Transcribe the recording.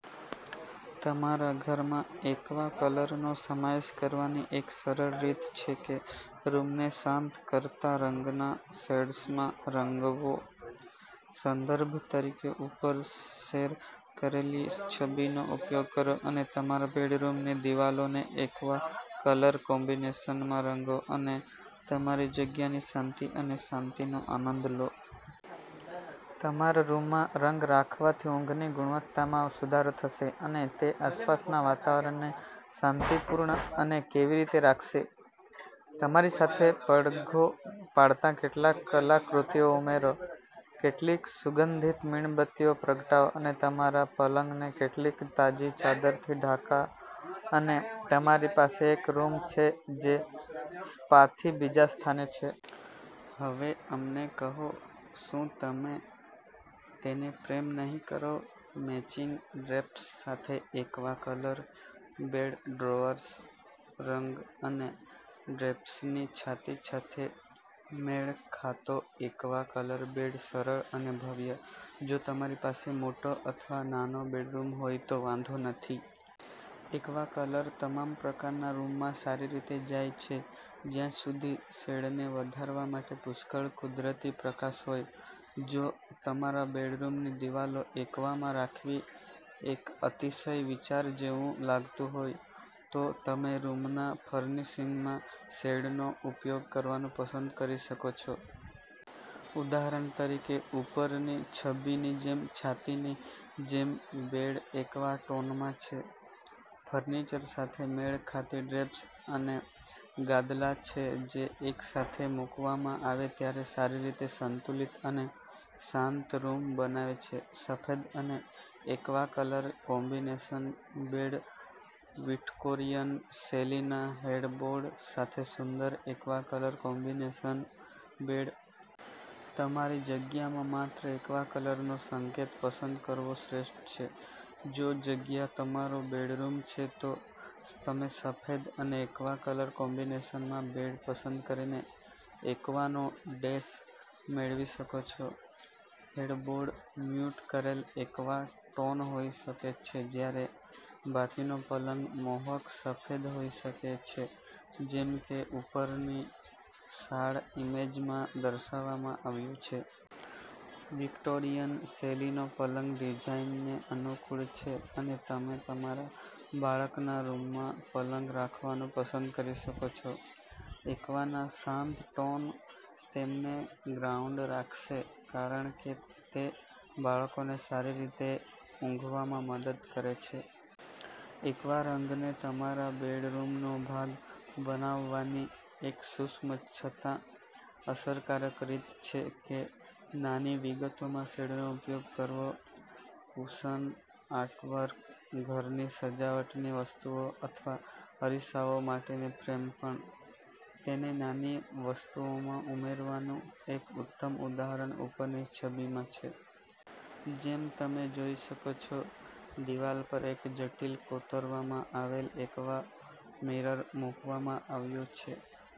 તમારા ઘરમાં એક્વા કલરનો સમાવેશ કરવાની એક સરળ રીત છે કે રૂમને શાંત કરતા રંગના શેડ્સમાં રંગવો. સંદર્ભ તરીકે ઉપર શેર કરેલી છબીનો ઉપયોગ કરો અને તમારા બેડરૂમની દિવાલોને એક્વા કલર કોમ્બિનેશનમાં રંગો અને તમારી જગ્યાની શાંતિ અને શાંતિનો આનંદ લો. તમારા રૂમમાં રંગ રાખવાથી ઊંઘની ગુણવત્તામાં સુધારો થશે અને તે આસપાસના વાતાવરણને શાંતિપૂર્ણ અને કેવી રીતે રાખશે. તમારી સાથે પડઘો પાડતા કેટલાક કલાકૃતિઓ ઉમેરો, કેટલીક સુગંધિત મીણબત્તીઓ પ્રગટાવો, અને તમારા પલંગને કેટલીક તાજી ચાદરથી ઢાંકોઅને તમારી પાસે એક રૂમ છે જે સ્પાથી બીજા સ્થાને છે. હવે અમને કહો, શું તમે તેને પ્રેમ નહીં કરો? મેચિંગ ડ્રેપ્સ સાથે aqua colour bed drawers, rug અને ડ્રેપ્સની છાતી સાથે મેળ ખાતો એક્વા કલર બેડ સરળ અને ભવ્ય. જો તમારી પાસે મોટો અથવા નાનો બેડરૂમ હોય તો વાંધો નથી. એક્વા કલર તમામ પ્રકારના રૂમમાં સારી રીતે જાય છે જ્યાં સુધી શેડને વધારવા માટે પુષ્કળ કુદરતી પ્રકાશ હોય. જો તમારા બેડરૂમની દીવાલો એક્વામાં રાખવી એક અતિશય વિચાર જેવું લાગતું હોય, તો તમે રૂમના ફર્નિશિંગમાં શેડનો ઉપયોગ કરવાનું પસંદ કરી શકો છો. ઉદાહરણ તરીકે, ઉપરની છબીની જેમ છાતીની જેમ બેડ એક્વા ટોનમાં છે. ફર્નિચર સાથે મેળ ખાતી ડ્રેપ્સ અને ગાદલા છે જે એકસાથે મૂકવામાં આવે ત્યારે સારી રીતે સંતુલિત અને શાંત રૂમ બનાવે છે. સફેદ અને aqua colour combination bed Victorian શૈલીના હેડબોર્ડ સાથે સુંદર એક્વા કલર કોમ્બિનેશન બેડ. તમારી જગ્યામાં માત્ર એક્વા કલરનો સંકેત પસંદ કરવો શ્રેષ્ઠ છે. જો જગ્યા તમારો બેડરૂમ છે, તો તમે સફેદ અને એક્વા કલર કોમ્બિનેશનમાં બેડ પસંદ કરીને એક્વાનો ડૅશ મેળવી શકો છો. હેડબોર્ડ મ્યૂટ કરેલ એક્વા ટોન હોઈ શકે છે જ્યારે બાકીનો પલંગ મોહક સફેદ હોઈ શકે છે જેમ કે ઉપરની શાર્ડ ઈમેજમાં દર્શાવવામાં આવ્યું છે. વિક્ટોરિયન શૈલીનો પલંગ ડિઝાઇનને અનુકૂળ છે અને તમે તમારા બાળકના રૂમમાં પલંગ રાખવાનું પસંદ કરી શકો છો. એક્વાના શાંત ટોન તેમને ગ્રાઉન્ડ રાખશે કારણ કે તે બાળકોને સારી રીતે ઊંઘવામાં મદદ કરે છે. એક્વા રંગને તમારા બેડરૂમનો ભાગ બનાવવાની એક સૂક્ષ્મ છતાં અસરકારક રીત છે કે નાની વિગતોમાં શેડનો ઉપયોગ કરવો. કુશન, આર્ટવર્ક, ઘરની સજાવટની વસ્તુઓ અથવા અરીસાઓ માટેની ફ્રેમ પણ. તેને નાની વસ્તુઓમાં ઉમેરવાનું એક ઉત્તમ ઉદાહરણ ઉપરની છબીમાં છે. જેમ તમે જોઈ શકો છો, દિવાલ પર એક જટિલ કોતરવામાં આવેલ એક્વા મિરર મૂકવામાં આવ્યો છે.